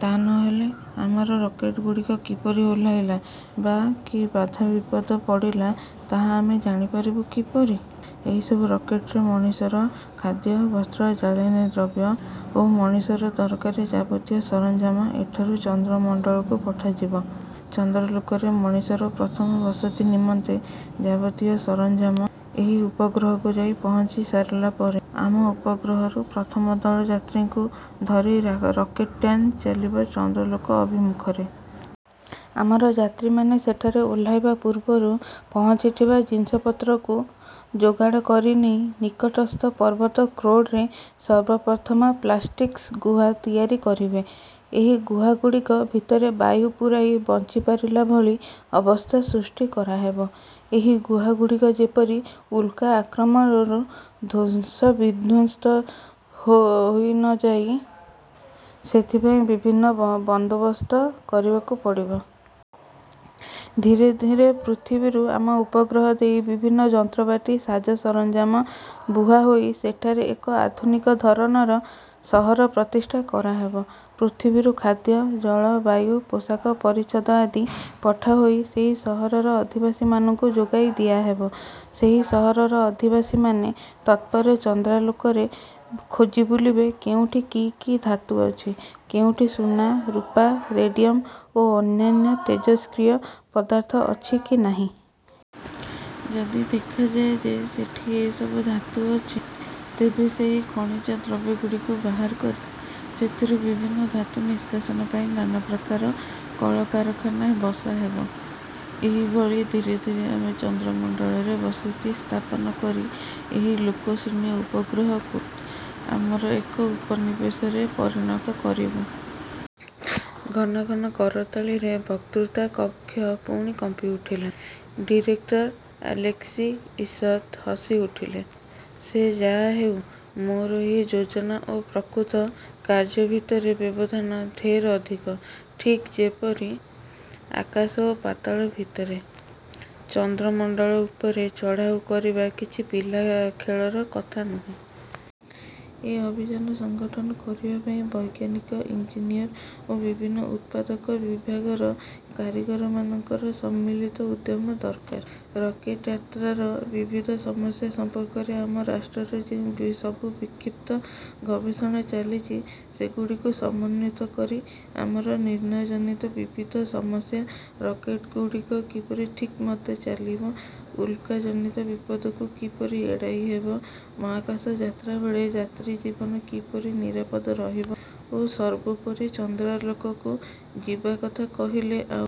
ତା' ନ ହେଲେ ଆମର ରକେଟ୍ ଗୁଡ଼ିକ କିପରି ଓହ୍ଲାଇଲା, ବା କି ବାଧା-ବିପଦ ପଡ଼ିଲା ତାହା ଆମେ ଜାଣିପାରିବୁ କିପରି? ଏହି ସବୁ ରକେଟ୍ରେ ମଣିଷର ଖାଦ୍ୟ, ବସ୍ତ୍ର, ଜାଳେଣି ଦ୍ରବ୍ୟ ଓ ମଣିଷର ଦରକାରୀ ଯାବତୀୟ ସରଞ୍ଜାମ ଏଠାରୁ ଚନ୍ଦ୍ରମଣ୍ଡଳକୁ ପଠାଯିବ। ଚନ୍ଦ୍ରଲୋକରେ ମଣିଷର ପ୍ରଥମ ବସତି ନିମନ୍ତେ ଯାବତୀୟ ସରଞ୍ଜାମ ଏହି ଉପଗ୍ରହକୁ ଯାଇ ପହଞ୍ଚିସାରିଲା ପରେ, ଆମ ଉପଗ୍ରହରୁ ପ୍ରଥମ ଦଳ ଯାତ୍ରୀଙ୍କୁ ଧରି ରକେଟ୍ଯାନ ଚାଲିବ ଚନ୍ଦ୍ରଲୋକ ଅଭିମୁଖରେ। ଆମର ଯାତ୍ରୀମାନେ ସେଠାରେ ଓହ୍ଲାଇବା ପୂର୍ବରୁ ପହଞ୍ଚିଥିବା ଜିନିଷପତ୍ରକୁ ଯୋଗାଡ଼ କରିନେଇ ନିକଟସ୍ଥ ପର୍ବତ କ୍ରୋଡ଼ରେ ସର୍ବପ୍ରଥମ ପ୍ଳାଷ୍ଟିକ୍ସ ଗୁହା ତିଆରି କରିବେ। ଏହି ଗୁହାଗୁଡ଼ିକ ଭିତରେ ବାୟୁ ପୁରାଇ ବଞ୍ଚିପାରିଲା ଭଳି ଅବସ୍ଥା ସୃଷ୍ଟି କରାହେବ। ଏହି ଗୁହାଗୁଡ଼ିକ ଯେପରି ଉଲ୍କା ଆକ୍ରମଣରୁ ଧ୍ୱସ୍ତବିଧ୍ୱସ୍ତ ହୋଇ ନ ଯାଏ, ସେଥିପାଇଁ ବିଭିନ୍ନ ବନ୍ଦୋବସ୍ତ କରିବାକୁ ପଡ଼ିବ। ଧୀରେ ଧୀରେ ପୃଥିବୀରୁ ଆମ ଉପଗ୍ରହ ଦେଇ ବିଭିନ୍ନ ଯନ୍ତ୍ରପାତି ସାଜ-ସରଞ୍ଜାମ ବୁହାହୋଇ ସେଠାରେ ଏକ ଆଧୁନିକ ଧରଣର ସହର ପ୍ରତିଷ୍ଠା କରାହେବ। ପୃଥିବୀରୁ ଖାଦ୍ୟ, ଜଳ, ବାୟୁ, ପୋଷାକ-ପରିଚ୍ଛଦଆଦି ପଠାହୋଇ ସେହି ସହରର ଅଧିବାସୀମାନଙ୍କୁ ଯୋଗାଇ ଦିଆହେବ। ସେହି ସହରର ଅଧିବାସୀମାନେ ତତ୍ପରେ ଚନ୍ଦ୍ରଲୋକରେ ଖୋଜିବୁଲିବେ, କେଉଁଠି କି କି ଧାତୁ ଅଛି, କେଉଁଠି ସୁନା, ରୂପା, ରେଡ଼ିୟମ୍ଓ ଅନ୍ୟାନ୍ୟ ତେଜସ୍କ୍ରିୟ ପଦାର୍ଥ ଅଛି କି ନାହିଁ। ଯଦି ଦେଖାଯାଏ ଯେ ସେଠି ଏସବୁ ଧାତୁ ଅଛି, ତେବେ ସେହି ଖଣିଜଦ୍ରବ୍ୟଗୁଡ଼ିକୁ ବାହାର କରି ସେଥିରୁ ବିଭିନ୍ନ ଧାତୁ ନିଷ୍କାସନ ପାଇଁ ନାନାପ୍ରକାର କଳକାରଖାନା ବସାହେବ। ଏହିଭଳି ଧୀରେ ଧୀରେ ଆମେ ଚନ୍ଦ୍ରମଣ୍ଡଳରେ ବସତି ସ୍ଥାପନ କରି ଏହି ଲୋକଶୂନ୍ୟ ଉପଗ୍ରହକୁ ଆମର ଏକ ଉପନିବେଶରେ ପରିଣତ କରିବୁଁ। '' ଘନ ଘନ କରତାଳିରେ ବକ୍ତୃତା କକ୍ଷ ପୁଣି କମ୍ପି ଉଠିଲା। ଡିରେକ୍ଟର ଆଲେସ୍କି ଈଷତ୍ ହସି କହିଲେ, ''ସେ ଯାହାହେଉ, ମୋର ଏହି ଯୋଜନା ଓ ପ୍ରକୃତ କାର୍ଯ୍ୟ ଭିତରେ ବ୍ୟବଧାନ ଢେର୍ ଅଧିକ-ଠିକ୍ ଯେପରି ଆକାଶ ଓ ପାତାଳ ଭିତରେ। ଚନ୍ଦ୍ରମଣ୍ଡଳ ଉପରେ ଚଢ଼ାଉ କରିବା କିଛି ପିଲାଖେଳର କଥା ନୁହେଁ। ଏ ଅଭିଯାନ ସଙ୍ଗଠନ କରିବା ପାଇଁ ବୈଜ୍ଞାନିକ, ଇଞ୍ଜିନିଅର୍ ଓ ବିଭିନ୍ନ ଉତ୍ପାଦକ ବିଭାଗର କାରିଗରମାନଙ୍କର ସମ୍ମିଳିତ ଉଦ୍ୟମ ଦରକାର। ରକେଟ୍ଯାତ୍ରାର ବିବିଧ ସମସ୍ୟା ସମ୍ପର୍କରେ ଆମ ରାଷ୍ଟ୍ରରେ ଯେଉଁ ସବୁ ବିକ୍ଷିପ୍ତ ଗବେଷଣା ଚାଲିଛି, ସେଗୁଡ଼ିକୁ ସମନ୍ୱିତ କରି ଆମର ନିର୍ଣ୍ଣୟଜନିତ ବିବିଧ ସମସ୍ୟା, ରକେଟ୍ଇଞ୍ଜିନ୍ଗୁଡ଼ିକ କିପରି ଠିକ୍ମତେ ଚାଲିବ, ଉଲ୍କାଜନିତ ବିପଦକୁ କିପରି ଏଡ଼ାଇ ହେବ, ମହାକାଶ ଯାତ୍ରାବେଳେ ଯାତ୍ରୀ-ଜୀବନ କିପରି ନିରାପଦ ରହିବ ଓ ସର୍ବୋପରି ଚନ୍ଦ୍ରଲୋକକୁ ଯିବାକଥା କହିଲେ ଆଉ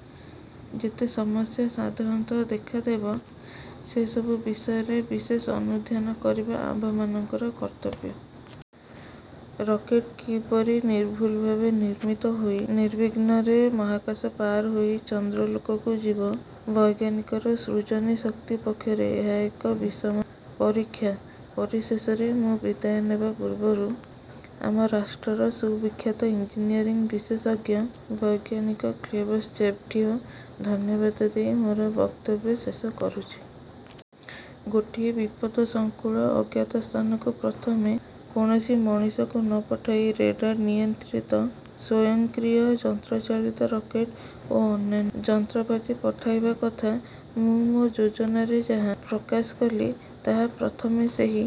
ଯେତେ ସମସ୍ୟା ସାଧାରଣତଃ ଦେଖାଦେବ, ସେ ସବୁ ବିଷୟରେ ବିଶେଷ ଅନୁଧ୍ୟାନ କରିବା ଆମ୍ଭମାନଙ୍କର କର୍ତ୍ତବ୍ୟ। ରକେଟ୍ କିପରି ନିର୍ଭୁଲଭାବେ ନିର୍ମିତ ହୋଇ, ନିର୍ବିଘ୍ନରେ ମହାକାଶ ପାରହୋଇ ଚନ୍ଦ୍ରଲୋକକୁ ଯିବ, ବୈଜ୍ଞାନିକର ସୃଜନୀ ଶକ୍ତି ପକ୍ଷରେ ଏହା ଏକ ବିଷମ ପରୀକ୍ଷା। ''ପରିଶେଷରେ ମୁଁ ବିଦାୟ ନେବା ପୂର୍ବରୁ ଆମ ରାଷ୍ଟ୍ରର ସୁବିଖ୍ୟାତ ଇନ୍ଜିନିୟରିଂ ବିଶେଷଜ୍ଞ ବୈଜ୍ଞାନିକ ଖ୍ଲେବତ୍ସେଭ୍ଙ୍କୁ ଧନ୍ୟବାଦ ଦେଇ ମୁଁ ମୋର ବକ୍ତବ୍ୟ ଶେଷ କରୁଛି। ଗୋଟିଏ ବିପଦସଂକୁଳ ଅଜ୍ଞାତ ସ୍ଥାନକୁ ପ୍ରଥମେ କୌଣସି ମଣିଷକୁ ନ ପଠାଇ ରେଡ଼ାର ନିୟନ୍ତ୍ରିତ ସ୍ୱୟଂକ୍ରିୟ ଯନ୍ତ୍ରଚାଳିତ ରକେଟ୍ ଓ ଅନ୍ୟାନ୍ୟ ଯନ୍ତ୍ରପାତି ପଠାଇବା କଥା ମୁଁ ମୋ ଯୋଜନାରେ ଯାହା ପ୍ରକାଶ କଲି ତାହା ପ୍ରଥମେ ସେହି